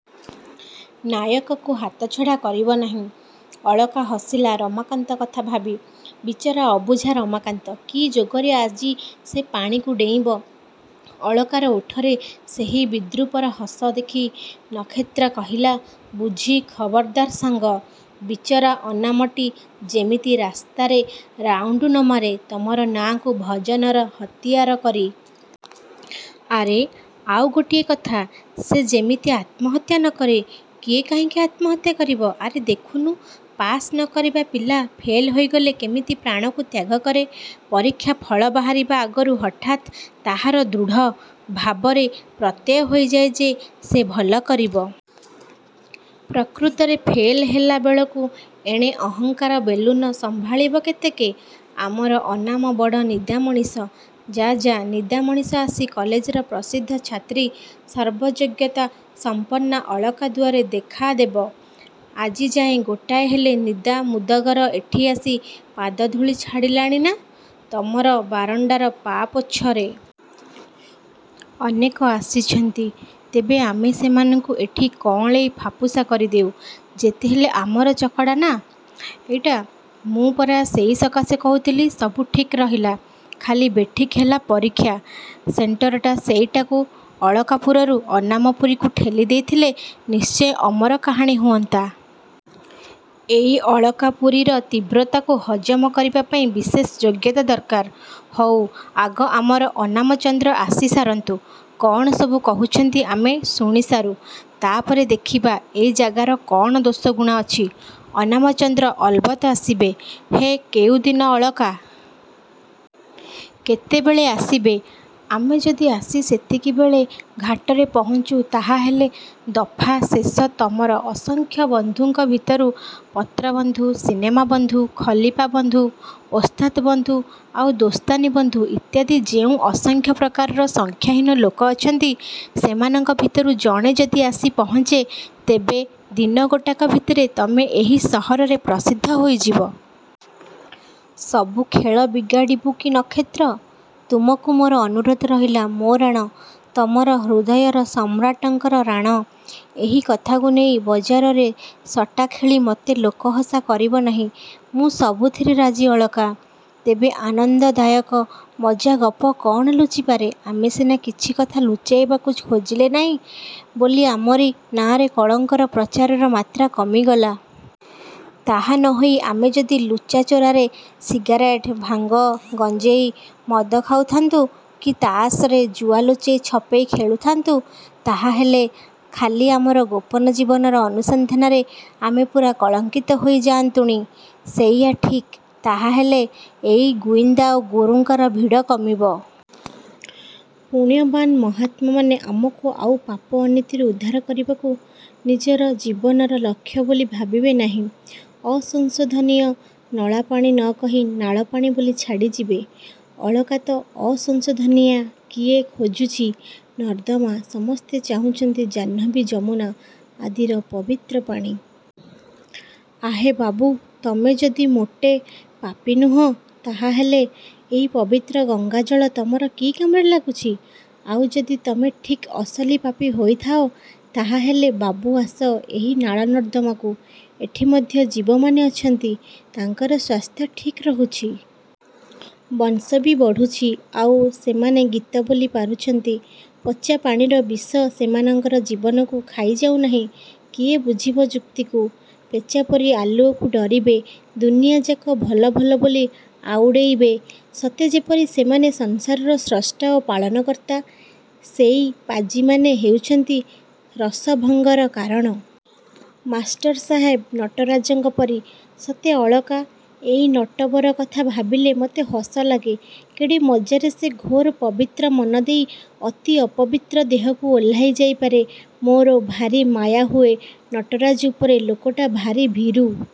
ନାୟକକୁ ହାତଛଡ଼ା କରିବ ନାହିଁ। ଅଳକା ହସିଲା–ରମାକାନ୍ତ କଥା ଭାବି। ବିଚରା ଅବୁଝା ରମାକାନ୍ତ। କି ଯୋଗରେ ଆଜି ସେ ପାଣିକୁ ଡେଇଁବ? ଅଳକାର ଓଠରେ ସେହି ବିଦ୍ରୂପର ହସ ଦେଖି ନକ୍ଷତ୍ର କହିଲା–ବୁଝି ଖବରଦାର ସାଙ୍ଗ-। ବିଚରା ଅନାମଟି ଯେମିତି ରାସ୍ତାରେ ରାଉଣ୍ଡ ନ ମାରେ ତମର ନାଁକୁ ଭଜନର ହତିଆର କରି-।... ଆରେ, ଆଉ ଗୋଟିଏ କଥା–ସେ ଯେମିତି ଆତ୍ମହତ୍ୟା ନ କରେ। –କିଏ କାହିଁକି ଆତ୍ମହତ୍ୟା କରିବ? –ଆରେ ଦେଖୁନୁ ପାସ୍ ନ କରିବା ପିଲା ଫେଲ୍ ହୋଇଗଲେ କେମିତି ପ୍ରାଣକୁ ତ୍ୟାଗକରେ। ପରୀକ୍ଷା ଫଳ ବାହାରିବା ଆଗରୁ ହଠାତ୍ ତାହାର ଦୃଢ଼। ଭାବରେ ପ୍ରତ୍ୟୟ ହୋଇଯାଏ ଯେ, ସେ ଭଲ କରିବ। ପ୍ରକୃତରେ ଫେଲ ହେଲା ବେଳକୁ ଏଣେ ଅହଙ୍କାର ବେଲୁନ ସମ୍ଭାଳିବ କେତେକେ? –ଆମର ଅନାମ ବଡ଼ ନିଦା ମଣିଷ। –ଯା–ଯା। ନିଦା ମଣିଷ ଆସି କଲେଜର ପ୍ରସିଦ୍ଧ ଛାତ୍ରୀ–ସର୍ବଯୋଗ୍ୟତା–ସଂପନ୍ନା ଅଳକା ଦୁଆରେ ଦେଖା ଦେବ? ଆଜିଯାଏ ଗୋଟାଏ ହେଲେ ନିଦା ମୁଦଗର ଏଠି ଆସି ପାଦଧୂଳି ଛାଡ଼ିଲାଣି ନା, ତମର ବାରଣ୍ଡାର ପାପୋଛରେ? –ଅନେକ ଆସିଛନ୍ତି। ତେବେ ଆମେ ସେମାନଙ୍କୁ ଏଠି କଅଁଳେଇ ଫାପୁସା କରିଦେଉ-। ଯେତେହେଲେ ଆମର ଚକଡ଼ା ନା... ଏଇଟା? –ମୁଁ ପରା ସେଇ ସକାଶେ କହୁଥିଲି ସବୁ ଠିକ୍ ରହିଲା। ଖାଲି ବେଠିକ ହେଲା ପରୀକ୍ଷା ସେଣ୍ଟରଟା–ସେଇଟାକୁ ଅଳକା–ପୁରରୁ ଅନାମ–ପୁରୀକୁ ଠେଲି ଦେଇଥିଲେ ନିଶ୍ଚୟ ଅମର କାହାଣୀ ହୁଅନ୍ତା। ଏଇ ଅଳକାପୁରୀର ତୀବ୍ରତାକୁ ହଜମ କରିବା ପାଇଁ ବିଶେଷ ଯୋଗ୍ୟତା ଦରକାର। –ହଉ, ଆଗ ଆମର ଅନାମଚନ୍ଦ୍ର ଆସି ସାରନ୍ତୁ। କ'ଣ ସବୁ କହୁଛନ୍ତି ଆମେ ଶୁଣିସାରୁ-। ତା'ପରେ ଦେଖିବା ଏଇ ଜାଗାର କ'ଣ ଦୋଷଗୁଣ ଅଛି। –ଅନାମଚନ୍ଦ୍ର ଅଲବତ୍ ଆସିବେ।... ହେ କେଉଁଦିନ ଅଳକା? କେତେବେଳେ ଆସିବେ?... ଆମେ ଯଦି ଆସି ସେତିକିବେଳେ ଘାଟରେ ପହଞ୍ଚୁ ତାହାହେଲେ ଦଫା ଶେଷ–ତମର ଅସଂଖ୍ୟ ବନ୍ଧୁଙ୍କ ଭିତରୁ, ପତ୍ର–ବନ୍ଧୁ, ସିନେମା–ବନ୍ଧୁ, ଖଲିପା–ବନ୍ଧୁ, ଓସ୍ତାତ୍–ବନ୍ଧୁ ଆଉ ଦୋସ୍ତାନି–ବନ୍ଧୁ ଇତ୍ୟାଦି ଯେଉଁ ଅସଂଖ୍ୟ ପ୍ରକାରର ସଂଖ୍ୟାହୀନ ଲୋକ ଅଛନ୍ତି ସେମାନଙ୍କ ଭିତରୁ ଜଣେ ଯଦି ଆସି ପହଁଞ୍ଚେ ତେବେ ଦିନ ଗୋଟାକ ଭିତରେ ତମେ ଏହି ସହରରେ ପ୍ରସିଦ୍ଧ ହୋଇଯିବ। –ସବୁ ଖେଳ ବିଗାଡ଼ିବୁ କି ନକ୍ଷତ୍ର? ତୁମକୁ ମୋର ଅନୁରୋଧ ରହିଲା–ମୋ ରାଣ–ତମର ହୃଦୟର ସମ୍ରାଟଙ୍କର ରାଣ–ଏହି କଥାକୁ ନେଇ ବଜାରରେ ସଟାଖେଳି ମତେ ଲୋକହସା କରିବ ନାହିଁ। –ମୁଁ ସବୁଥିରେ ରାଜି ଅଳକା। ତେବେ ଆନନ୍ଦଦାୟକ ମଜ୍ଜାଗପ କ'ଣ ଲୁଚିପାରେ? ଆମେ ସିନା କିଛି କଥା ଲୁଚାଇବାକୁ ଖୋଜିଲେ ନାହିଁ ବୋଲି ଆମରି ନାଁରେ କଳଙ୍କର ପ୍ରଚାରର ମାତ୍ରା କମିଗଲା। ତାହା ନ ହୋଇ ଆମେ ଯଦି ଲୁଚାଚୋରାରେ ସିଗାରେଟ, ଭାଙ୍ଗ, ଗଞ୍ଜେଇ, ମଦ ଖାଉଥାନ୍ତୁ କି ତାସରେ ଜୁଆ ଲୁଚେଇ ଛପେଇ ଖେଳୁଥାନ୍ତୁ, ତାହା ହେଲେ ଖାଲି ଆମର ଗୋପନ ଜୀବନର ଅନୁସନ୍ଧାନରେ ଆମେ ପୂରା କଳଙ୍କିତ ହୋଇ ଯାଆନ୍ତୁଣି। –ସେଇଆ ଠିକ୍। ତାହାହେଲେ ଏଇ ଗୁଇନ୍ଦା ଓ ଗୁରୁଙ୍କର ଭିଡ଼ କମିବ। ପୁଣ୍ୟବାନ ମହାତ୍ମାମାନେ ଆମକୁ ଆଉ ପାପ ଅନୀତିରୁ ଉଦ୍ଧାର କରିବାକୁ ନିଜର ଜୀବନର ଲକ୍ଷ୍ୟ ବୋଲି ଭାବିବେ ନାହିଁ। ଅ–ସଂଶୋଧନୀୟ ନଳାପାଣି ନ କହି ନାଳ ପାଣି ବୋଲି ଛାଡ଼ିଯିବେ। ଅଳକା ତ ଅ–ସଂଶୋଧନୀୟା। –କିଏ ଖୋଜୁଛି ନର୍ଦ୍ଦମା? ସମସ୍ତେ ଚାହୁଁଛନ୍ତି ଜାହ୍ନବୀ ଯମୁନା ଆଦିର ପବିତ୍ର ପାଣି। ଆହେ ବାବୁ, ତମେ ଯଦି ମୋଟେ ପାପୀ ନୁହଁ ତାହାହେଲେ ଏଇ ପବିତ୍ର ଗଙ୍ଗାଜଳ ତମର କି କାମରେ ଲାଗୁଛି? ଆଉ ଯଦି ତମେ ଠିକ୍ ଅସଲି ପାପୀ ହୋଇଥାଅ ତାହାହେଲେ ବାବୁ ଆସ ଏହି ନାଳ ନର୍ଦ୍ଦମାକୁ–ଏଠି ମଧ୍ୟ ଜୀବମାନେ ଅଛନ୍ତି। ତାଙ୍କର ସ୍ୱାସ୍ଥ୍ୟ ଠିକ୍ ରହୁଛି। ବଂଶ ବି ବଢ଼ୁଛି-। ଆଉ ସେମାନେ ଗୀତବୋଲି ପାରୁଛନ୍ତି। ପଚାପାଣିର ବିଷ ସେମାନଙ୍କର ଜୀବନକୁ ଖାଇଯାଉ ନାହିଁ। –କିଏ ବୁଝିବ ଯୁକ୍ତିକୁ? ପେଚାପରି ଆଲୁଅକୁ ଡରିବେ। ଦୁନିଆ ଯାକ ଭଲଭଲ ବୋଲି ଆଉଡ଼େଇବେ। ସତେ ଯେପରି ସେମାନେ ସଂସାରର ସ୍ରଷ୍ଟା ଓ ପାଳନକର୍ତ୍ତା। ସେଇ ପାଜିମାନେ ହେଉଛନ୍ତି ରସଭଙ୍ଗର କାରଣ। –ମାଷ୍ଟର ସାହେବ ନଟରାଜଙ୍କ ପରି। –ସତେ ଅଳକା, ଏଇ ନଟବର କଥା ଭାବିଲେ ମତେ ହସ ଲାଗେ। କେଡ଼େ ମଜ୍ଜାରେ ସେ ଘୋର ପବିତ୍ର ମନଦେଇ ଅତି ଅପବିତ୍ର ଦେହକୁ ଓହ୍ଲାଇ ଯାଇପାରେ। ମୋର ଭାରି ମାୟାହୁଏ ନଟରାଜ ଉପରେ ଲୋକଟା ଭାରି ଭୀରୁ।